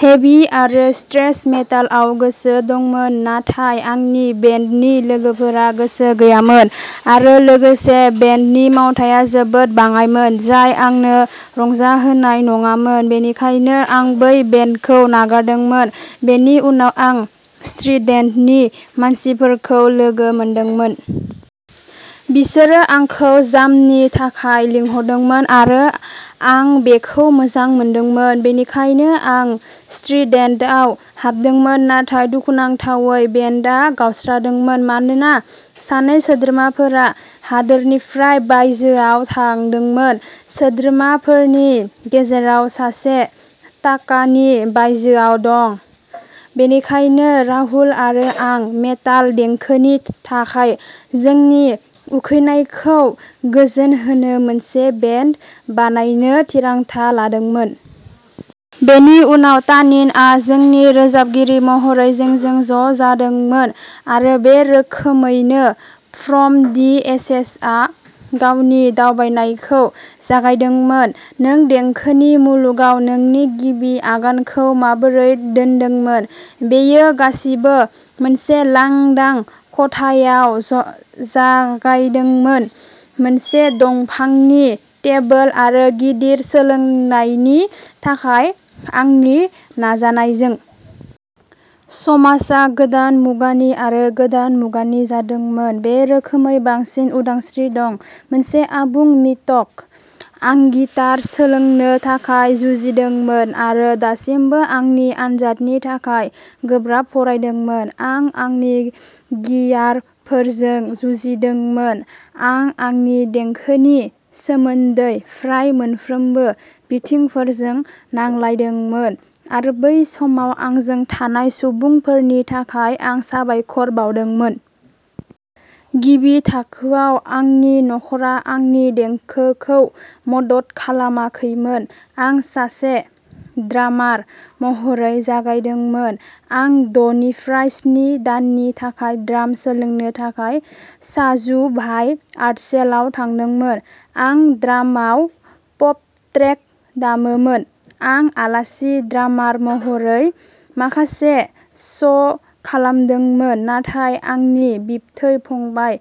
हेभि आरो थ्रेश मेटालआव गोसो दंमोन नाथाय आंनि बेन्डनि लोगोफोरा गोसो गैयामोन, आरो लोगोसे, बेन्डनि मावथाया जोबोद बाङाइमोन, जाय आंनो रंजाहोनाय नङामोन। बेनिखायनो, आं बै बेन्डखौ नागारदोंमोन। बेनि उनाव, आं स्ट्रिडेन्टनि मानसिफोरखौ लोगो मोनदोंमोन। बिसोरो आंखौ जामनि थाखाय लिंहरदोंमोन, आरो आं बेखौ मोजां मोनदोंमोन। बेनिखायनो, आं स्ट्रिडेन्टआव हाबदोंमोन, नाथाय दुखुनांथावै बेन्डआ गावस्रादोंमोन मानोना सानै सोद्रोमाफोरा हादोरनिफ्राय बायजोआव थांदोंमोन। सोद्रोमाफोरनि गेजेराव सासेआ ढाकानि बायजोआव दं। बेनिखायनो, राहुल आरो आं मेटाल देंखोनि थाखाय जोंनि उखैनायखौ गोजोनहोनो मोनसे बेन्ड बानायनो थिरांथा लादोंमोन। बेनि उनाव तानिनआ जोंनि रोजाबगिरि महरै जोंजों ज'जादोंमोन आरो बे रोखोमैनो फ्रम दि एशेसआ गावनि दावबायनायखौ जागायदोंमोन। नों देंखोनि मुलुगाव नोंनि गिबि आगानखौ माबोरै दोनदोंमोन? बेयो गासिबो मोनसे लांदां खथायाव जागायदोंमोन, मोनसे दंफांनि टेबोल आरो गिटार सोलोंनायनि थाखाय आंनि नाजानायजों। समाजआ गोदान मुगानि आरो गोदान मुगानि जादोंमोन। बे रोखोमै बांसिन उदांस्रि दं मोनसे आबुं मिथक। आं गिटार सोलोंनो थाखाय जुजिदोंमोन आरो दासिमबो आंनि आनजादनि थाखाय गोब्राब फरायदोंमोन। आं आंनि गियारफोरजों जुजिदोंमोन। आं आंनि देंखोनि सोमोन्दै फ्राय मोनफ्रोमबो बिथिंफोरजों नांलायदोंमोन आरो बै समाव आंजों थानाय सुबुंफोरनि थाखाय आं साबायखर बावदोंमोन। गिबि थाखोआव, आंनि नखरा आंनि देंखोखौ मदद खालामाखैमोन। आं सासे ड्रामार महरै जागायदोंमोन। आं द'निफ्राय स्नि दाननि थाखाय ड्राम सोलोंनो थाखाय शाजु भाइ आर्टसेल आव थांदोंमोन। आं ड्रामाव पप ट्रेक दामोमोन। आं आलासि ड्रामार महरै माखासे श'खालामदोंमोन नाथाय आंनि बिबथै फंबाय,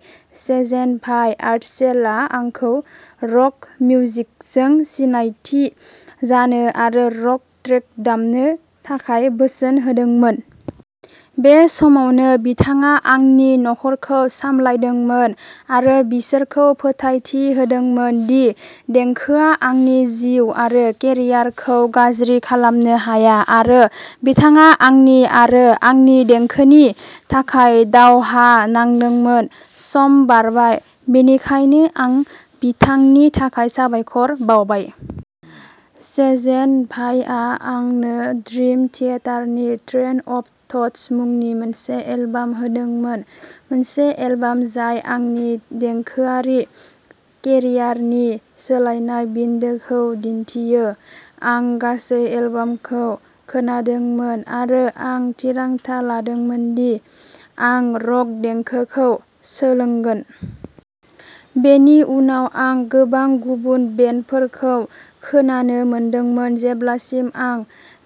सेजेन भाई आर्टसेल आ आंखौ रक मिउजिकजों सिनायथि जानो आरो रक ट्रेक दामनो थाखाय बोसोन होदोंमोन। बे समावनो, बिथाङा आंनि नखरखौ सामलायदोंमोन आरो बिसोरखौ फोथायथि होदोंमोन दि देंखोआ आंनि जिउ आरो केरियारखौ गाज्रि खालामनो हाया आरो बिथाङा आंनि आरो आंनि देंखोनि थाखाय दावहा नांदोंमोन। सम बारबाय। बेनिखायनो, आं बिथांनि थाखाय साबायखर बावबाय। सेजेन भायआ आंनो ड्रिम थियेटारनि ट्रेन अफ थट्स मुंनि मोनसे एलबाम होदोंमोन-मोनसे एलबाम जाय आंनि देंखोआरि केरियारनि सोलायनाय बिन्दोखौ दिन्थियो। आं गासै एलबामखौ खोनादोंमोन आरो आं थिरांथा लादोंमोन दि आं रक देंखोखौ सोलोंगोन। बेनि उनाव आं गोबां गुबुन बेन्डफोरखौ खोनानो मोनदोंमोन जेब्लासिम आं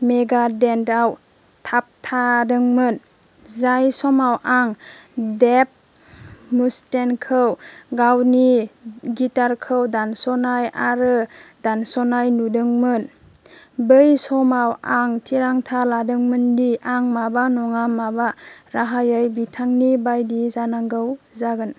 मेगाडेथआव थाबथादोंमोन। जाय समाव आं डेभ मुस्टेनखौ गावनि गिटारखौ दानस'नाय आरो दानस'नाय नुदोंमोन, बै समाव आं थिरांथा लादोंमोन दि आं माबा नङा माबा राहायै बिथांनि बायदि जानांगौ जागोन।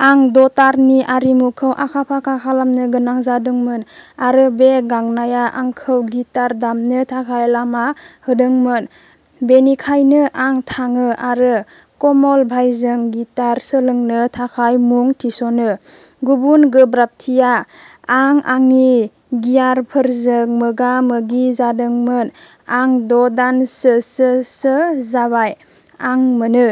आं द'तारनि आरिमुखौ आखा-फाखा खालामनो गोनां जादोंमोन, आरो बे गांनाया आंखौ गिटार दामनो थाखाय लामा होदोंमोन। बेनिखायनो, आं थाङो आरो कमल भायजों गिटार सोलोंनो थाखाय मुं थिसनो। गुबुन गोब्राबथिया आं आंनि गियारफोरजों मोगा-मोगि जादोंमोन। आं द'दानसोसोसो जाबाय। आं मोनो।